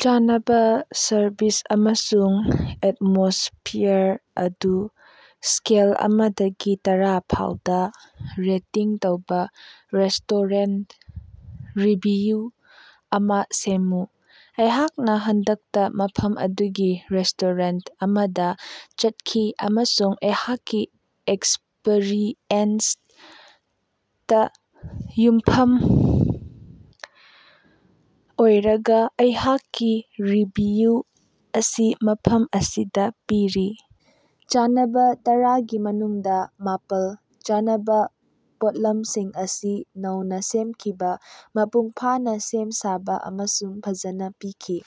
ꯆꯥꯅꯕ ꯁꯔꯚꯤꯁ ꯑꯃꯁꯨꯡ ꯑꯦꯠꯃꯣꯁꯐ꯭ꯌꯔ ꯑꯗꯨ ꯁ꯭ꯀꯦꯜ ꯑꯃꯗꯒꯤ ꯇꯔꯥ ꯐꯥꯎꯗ ꯔꯦꯇꯤꯡ ꯇꯧꯕ ꯔꯦꯁꯇꯣꯔꯦꯟꯇ ꯔꯤꯚꯤꯌꯨ ꯑꯃ ꯁꯦꯝꯃꯨ꯫ ꯑꯩꯍꯥꯛꯅ ꯍꯟꯗꯛꯇ ꯃꯐꯝ ꯑꯗꯨꯒꯤ ꯔꯦꯁꯇꯣꯔꯦꯟꯇ ꯑꯃꯗ ꯆꯠꯈꯤ ꯑꯃꯁꯨꯡ ꯑꯩꯍꯥꯛꯀꯤ ꯑꯦꯛꯁꯄꯔꯤꯌꯦꯟꯁꯇ ꯌꯨꯝꯐꯝ ꯑꯣꯏꯔꯒ ꯑꯩꯍꯥꯛꯀꯤ ꯔꯤꯚꯤꯌꯨ ꯑꯁꯤ ꯃꯐꯝ ꯑꯁꯤꯗ ꯄꯤꯔꯤ꯫ ꯆꯥꯅꯕ: ꯇꯔꯥꯒꯤ ꯃꯅꯨꯡꯗ ꯃꯥꯄꯜ, ꯆꯥꯅꯕ ꯄꯣꯠꯂꯝꯁꯤꯡ ꯑꯁꯤ ꯅꯧꯅ ꯁꯦꯝꯈꯤꯕ, ꯃꯄꯨꯡ ꯐꯥꯅ ꯁꯦꯝ ꯁꯥꯕ ꯑꯃꯁꯨꯡ ꯐꯖꯅ ꯄꯤꯈꯤ꯫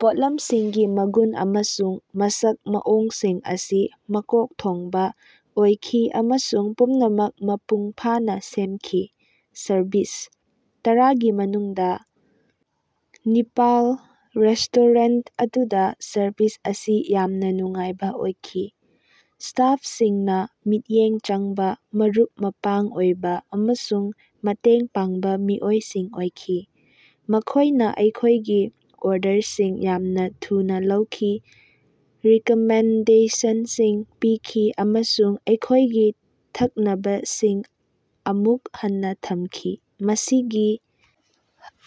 ꯄꯣꯠꯂꯝꯁꯤꯡꯒꯤ ꯃꯒꯨꯟ ꯑꯃꯁꯨꯡ ꯃꯁꯛ ꯃꯑꯣꯡꯁꯤꯡ ꯑꯁꯤ ꯃꯀꯣꯛ ꯊꯣꯡꯕ ꯑꯣꯏꯈꯤ ꯑꯃꯁꯨꯡ ꯄꯨꯝꯅꯃꯛ ꯃꯄꯨꯡ ꯐꯥꯅ ꯁꯦꯝꯈꯤ꯫ ꯁꯔꯚꯤꯁ: ꯇꯔꯥꯒꯤ ꯃꯅꯨꯡꯗ ꯅꯤꯄꯥꯜ, ꯔꯦꯁꯇꯣꯔꯦꯟꯇ ꯑꯗꯨꯗ ꯁꯔꯚꯤꯁ ꯑꯁꯤ ꯌꯥꯝꯅ ꯅꯨꯡꯉꯥꯏꯕ ꯑꯣꯏꯈꯤ꯫ ꯁ꯭ꯇꯥꯐꯁꯤꯡꯅ ꯃꯤꯠꯌꯦꯡ ꯆꯪꯕ, ꯃꯔꯨꯞ-ꯃꯄꯥꯡ ꯑꯣꯏꯕ ꯑꯃꯁꯨꯡ ꯃꯇꯦꯡ ꯄꯥꯡꯕ ꯃꯤꯑꯣꯏꯁꯤꯡ ꯑꯣꯏꯈꯤ꯫ ꯃꯈꯣꯏꯅ ꯑꯩꯈꯣꯏꯒꯤ ꯑꯣꯔꯗꯔꯁꯤꯡ ꯌꯥꯝꯅ ꯊꯨꯅ ꯂꯧꯈꯤ, ꯔꯤꯀꯃꯦꯟꯗꯦꯁꯟꯁꯤꯡ ꯄꯤꯈꯤ ꯑꯃꯁꯨꯡ ꯑꯩꯈꯣꯏꯒꯤ ꯊꯛꯅꯕꯁꯤꯡ ꯑꯃꯨꯛ ꯍꯟꯅ ꯊꯝꯈꯤ꯫ ꯃꯁꯤꯒꯤ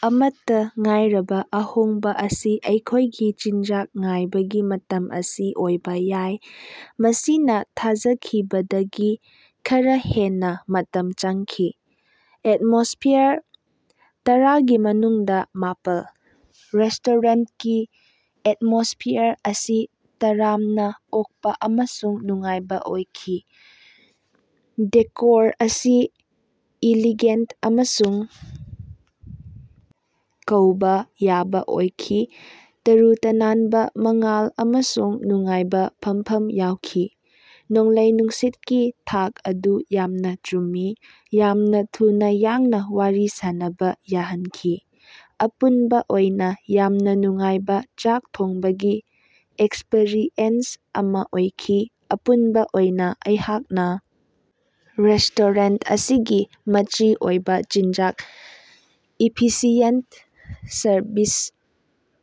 ꯑꯃꯠꯇ ꯉꯥꯏꯔꯕ ꯑꯍꯣꯡꯕ ꯑꯁꯤ ꯑꯩꯈꯣꯏꯒꯤ ꯆꯤꯟꯖꯥꯛ ꯉꯥꯏꯕꯒꯤ ꯃꯇꯝ ꯑꯁꯤ ꯑꯣꯏꯕ ꯌꯥꯏ, ꯃꯁꯤꯅ ꯊꯥꯖꯈꯤꯕꯗꯒꯤ ꯈꯔ ꯍꯦꯟꯅ ꯃꯇꯝ ꯆꯪꯈꯤ꯫ ꯑꯦꯠꯃꯣꯁꯐ꯭ꯌꯔ: ꯇꯔꯥꯒꯤ ꯃꯅꯨꯡꯗ ꯃꯥꯄꯜ, ꯔꯦꯁꯇꯣꯔꯦꯟꯇꯀꯤ ꯑꯦꯠꯃꯣꯁꯐ꯭ꯌꯔ ꯑꯁꯤ ꯇꯔꯥꯝꯅ ꯑꯣꯛꯄ ꯑꯃꯁꯨꯡ ꯅꯨꯡꯉꯥꯏꯕ ꯑꯣꯏꯈꯤ꯫ ꯗꯦꯀꯣꯔ ꯑꯁꯤ ꯏꯂꯤꯒꯦꯟꯇ ꯑꯃꯁꯨꯡ ꯀꯧꯕ ꯌꯥꯕ ꯑꯣꯏꯈꯤ, ꯇꯔꯨ ꯇꯅꯥꯟꯕ ꯃꯉꯥꯜ ꯑꯃꯁꯨꯡ ꯅꯨꯡꯉꯥꯏꯕ ꯐꯝꯐꯝ ꯌꯥꯎꯈꯤ꯫ ꯅꯣꯡꯂꯩ-ꯅꯨꯡꯁꯤꯠꯀꯤ ꯊꯥꯛ ꯑꯗꯨ ꯌꯥꯝꯅ ꯆꯨꯝꯃꯤ, ꯌꯥꯝꯅ ꯊꯨꯅ ꯌꯥꯡꯅ ꯋꯥꯔꯤ ꯁꯥꯅꯕ ꯌꯥꯍꯟꯈꯤ꯫ ꯑꯄꯨꯟꯕ ꯑꯣꯏꯅ ꯌꯥꯝꯅ ꯅꯨꯡꯉꯥꯏꯕ ꯆꯥꯛ ꯊꯣꯡꯕꯒꯤ ꯑꯦꯛꯁꯄꯔꯤꯌꯦꯟꯁ ꯑꯃ ꯑꯣꯏꯈꯤ꯫ ꯑꯄꯨꯟꯕ ꯑꯣꯏꯅ ꯑꯩꯍꯥꯛꯅ ꯔꯦꯁꯇꯣꯔꯦꯟꯇ ꯑꯁꯤꯒꯤ ꯃꯆꯤ ꯑꯣꯏꯕ ꯆꯤꯟꯖꯥꯛ, ꯏꯐꯤꯁꯤꯌꯦꯟꯇ ꯁꯔꯚꯤꯁ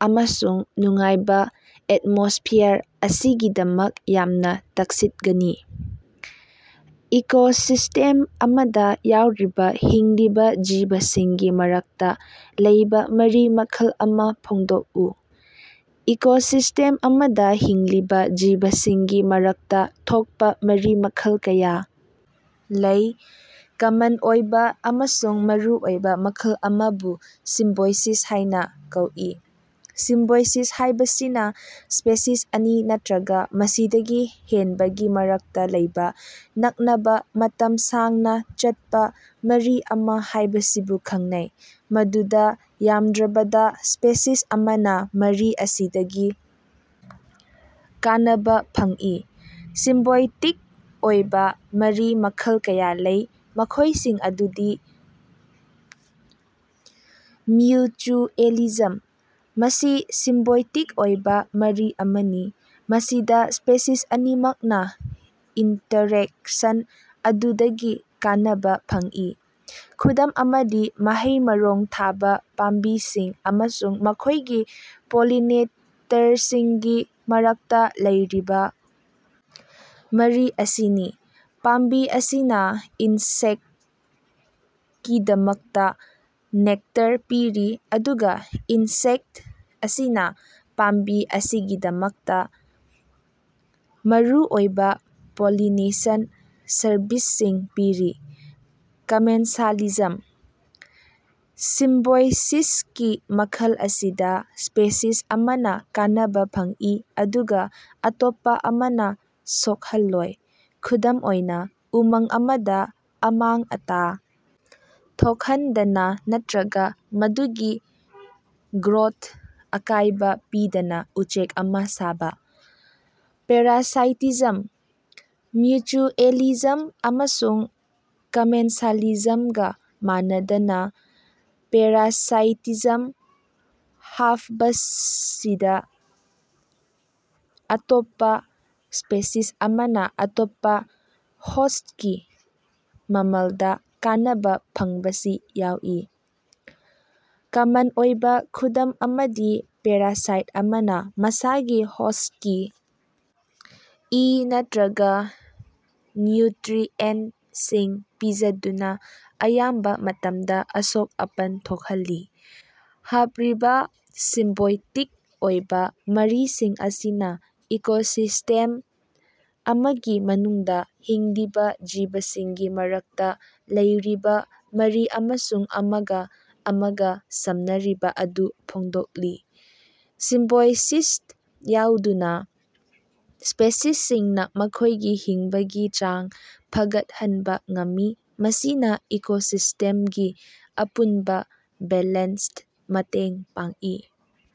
ꯑꯃꯁꯨꯡ ꯅꯨꯡꯉꯥꯏꯕ ꯑꯦꯠꯃꯣꯁꯐ꯭ꯌꯔ ꯑꯁꯤꯒꯤꯗꯃꯛ ꯌꯥꯝꯅ ꯇꯛꯁꯤꯠꯒꯅꯤ꯫ ꯏꯀꯣꯁꯤꯁꯇꯦꯝ ꯑꯃꯗ ꯌꯥꯎꯔꯤꯕ ꯍꯤꯡꯂꯤꯕ ꯖꯤꯕꯁꯤꯡꯒꯤ ꯃꯔꯛꯇ ꯂꯩꯕ ꯃꯔꯤ ꯃꯈꯜ ꯑꯃ ꯐꯣꯡꯗꯣꯛꯎ꯫ ꯏꯀꯣꯁꯤꯁꯇꯦꯝ ꯑꯃꯗ ꯍꯤꯡꯂꯤꯕ ꯖꯤꯕꯁꯤꯡꯒꯤ ꯃꯔꯛꯇ ꯊꯣꯛꯄ ꯃꯔꯤ ꯃꯈꯜ ꯀꯌꯥ ꯂꯩ꯫ ꯀꯃꯟ ꯑꯣꯏꯕ ꯑꯃꯁꯨꯡ ꯃꯔꯨꯑꯣꯏꯕ ꯃꯈꯜ ꯑꯃꯕꯨ ꯁꯤꯝꯕꯣꯏꯁꯤꯁ ꯍꯥꯏꯅ ꯀꯧꯏ꯫ ꯁꯤꯝꯕꯣꯏꯁꯤꯁ ꯍꯥꯏꯕꯁꯤꯅ ꯁ꯭ꯄꯦꯁꯤꯁ ꯑꯅꯤ ꯅꯠꯇ꯭ꯔꯒ ꯃꯁꯤꯗꯒꯤ ꯍꯦꯟꯕꯒꯤ ꯃꯔꯛꯇ ꯂꯩꯕ ꯅꯛꯅꯕ, ꯃꯇꯝ ꯁꯥꯡꯅ ꯆꯠꯄ ꯃꯔꯤ ꯑꯃ ꯍꯥꯏꯕꯁꯤꯕꯨ ꯈꯪꯅꯩ, ꯃꯗꯨꯗ ꯌꯥꯝꯗ꯭ꯔꯕꯗ ꯁ꯭ꯄꯦꯁꯤꯁ ꯑꯃꯅ ꯃꯔꯤ ꯑꯁꯤꯗꯒꯤ ꯀꯥꯟꯅꯕ ꯐꯪꯏ꯫ ꯁꯤꯝꯕꯣꯏꯇꯤꯛ ꯑꯣꯏꯕ ꯃꯔꯤ ꯃꯈꯜ ꯀꯌꯥ ꯂꯩ, ꯃꯈꯣꯏꯁꯤꯡ ꯑꯗꯨꯗꯤ: ꯃ꯭ꯌꯨꯆꯨꯑꯦꯂꯤꯖꯝ: ꯃꯁꯤ ꯁꯤꯝꯕꯣꯏꯇꯤꯛ ꯑꯣꯏꯕ ꯃꯔꯤ ꯑꯃꯅꯤ, ꯃꯁꯤꯗ ꯁ꯭ꯄꯦꯁꯤꯁ ꯑꯅꯤꯃꯛꯅ ꯏꯟꯇꯔꯦꯛꯁꯟ ꯑꯗꯨꯗꯒꯤ ꯀꯥꯟꯅꯕ ꯐꯪꯏ꯫ ꯈꯨꯗꯝ ꯑꯃꯗꯤ ꯃꯍꯩ-ꯃꯔꯣꯡ ꯊꯥꯕ ꯄꯥꯝꯕꯤꯁꯤꯡ ꯑꯃꯁꯨꯡ ꯃꯈꯣꯏꯒꯤ ꯄꯣꯂꯤꯅꯦꯇꯔꯁꯤꯡꯒꯤ ꯃꯔꯛꯇ ꯂꯩꯔꯤꯕ ꯃꯔꯤ ꯑꯁꯤꯅꯤ꯫ ꯄꯥꯝꯕꯤ ꯑꯁꯤꯅ ꯏꯟꯁꯦꯛꯇꯀꯤꯗꯃꯛꯇ ꯅꯦꯛꯇꯔ ꯄꯤꯔꯤ, ꯑꯗꯨꯒ ꯏꯟꯁꯦꯛꯇ ꯑꯁꯤꯅ ꯄꯥꯝꯕꯤ ꯑꯁꯤꯒꯤꯗꯃꯛꯇ ꯃꯔꯨꯑꯣꯏꯕ ꯄꯣꯂꯤꯅꯦꯁꯟ ꯁꯔꯚꯤꯁꯁꯤꯡ ꯄꯤꯔꯤ꯫ ꯀꯃꯦꯟꯁꯥꯂꯤꯖꯝ: ꯁꯤꯝꯕꯣꯏꯁꯤꯁꯀꯤ ꯃꯈꯜ ꯑꯁꯤꯗ, ꯁ꯭ꯄꯦꯁꯤꯁ ꯑꯃꯅ ꯀꯥꯟꯅꯕ ꯐꯪꯏ ꯑꯗꯨꯒ ꯑꯇꯣꯞꯄ ꯑꯃꯅ ꯁꯣꯛꯍꯜꯂꯣꯏ꯫ ꯈꯨꯗꯝ ꯑꯣꯏꯅ, ꯎꯃꯪ ꯑꯃꯗ ꯑꯃꯥꯡ-ꯑꯇꯥ ꯊꯣꯛꯍꯟꯗꯅ ꯅꯠꯇ꯭ꯔꯒ ꯃꯗꯨꯒꯤ ꯒ꯭ꯔꯣꯊꯇ ꯑꯀꯥꯏꯕ ꯄꯤꯗꯅ ꯎꯆꯦꯛ ꯑꯃ ꯁꯥꯕ꯫ ꯄꯦꯔꯥꯁꯥꯏꯇꯤꯖꯝ: ꯃ꯭ꯌꯨꯆꯨꯑꯦꯂꯤꯖꯝ ꯑꯃꯁꯨꯡ ꯀꯃꯦꯟꯁꯥꯂꯤꯖꯝꯒ ꯃꯥꯟꯅꯗꯕ, ꯄꯦꯔꯥꯁꯥꯏꯇꯤꯖꯝ ꯍꯥꯐꯕꯁꯤꯗ ꯑꯇꯣꯞꯄ ꯁ꯭ꯄꯦꯁꯤꯁ ꯑꯃꯅ ꯑꯇꯣꯞꯄ ꯍꯣꯁ꯭ꯠꯀꯤ ꯃꯃꯜꯗ ꯀꯥꯟꯅꯕ ꯐꯪꯕꯁꯤ ꯌꯥꯎꯏ꯫ ꯀꯃꯟ ꯑꯣꯏꯕ ꯈꯨꯗꯝ ꯑꯃꯗꯤ ꯄꯦꯔꯥꯁꯥꯏꯠ ꯑꯃꯅ ꯃꯁꯥꯒꯤ ꯍꯣꯁ꯭ꯠꯀꯤ ꯏ ꯅꯠꯇ꯭ꯔꯒ ꯅ꯭ꯌꯨꯇ꯭ꯔꯤꯑꯦꯟꯇꯁꯤꯡ ꯄꯤꯖꯗꯨꯅ ꯑꯌꯥꯝꯕ ꯃꯇꯝꯗ ꯑꯁꯣꯛ-ꯑꯄꯟ ꯊꯣꯛꯍꯜꯂꯤ꯫ ꯍꯥꯐꯔꯤꯕ ꯁꯤꯝꯕꯣꯏꯇꯤꯛ ꯑꯣꯏꯕ ꯃꯔꯤꯁꯤꯡ ꯑꯁꯤꯅ ꯏꯀꯣꯁꯤꯁ꯭ꯇꯦꯝ ꯑꯃꯒꯤ ꯃꯅꯨꯡꯗ ꯍꯤꯡꯂꯤꯕ ꯖꯤꯕꯁꯤꯡꯒꯤ ꯃꯔꯛꯇ ꯂꯩꯔꯤꯕ ꯃꯔꯤ ꯑꯃꯁꯨꯡ ꯑꯃꯒ ꯑꯃꯒ ꯁꯝꯅꯔꯤꯕ ꯑꯗꯨ ꯐꯣꯡꯗꯣꯛꯂꯤ꯫ ꯁꯤꯝꯕꯣꯏꯁꯤꯁꯇ ꯌꯥꯎꯗꯨꯅ, ꯁ꯭ꯄꯦꯁꯤꯁꯁꯤꯡꯅ ꯃꯈꯣꯏꯒꯤ ꯍꯤꯡꯕꯒꯤ ꯆꯥꯡ ꯐꯒꯠꯍꯟꯕ ꯉꯝꯃꯤ, ꯃꯁꯤꯅ ꯏꯀꯣꯁꯤꯁꯇꯦꯝꯒꯤ ꯑꯄꯨꯟꯕ ꯕꯦꯂꯦꯟꯁꯇ ꯃꯇꯦꯡ ꯄꯥꯡꯏ꯫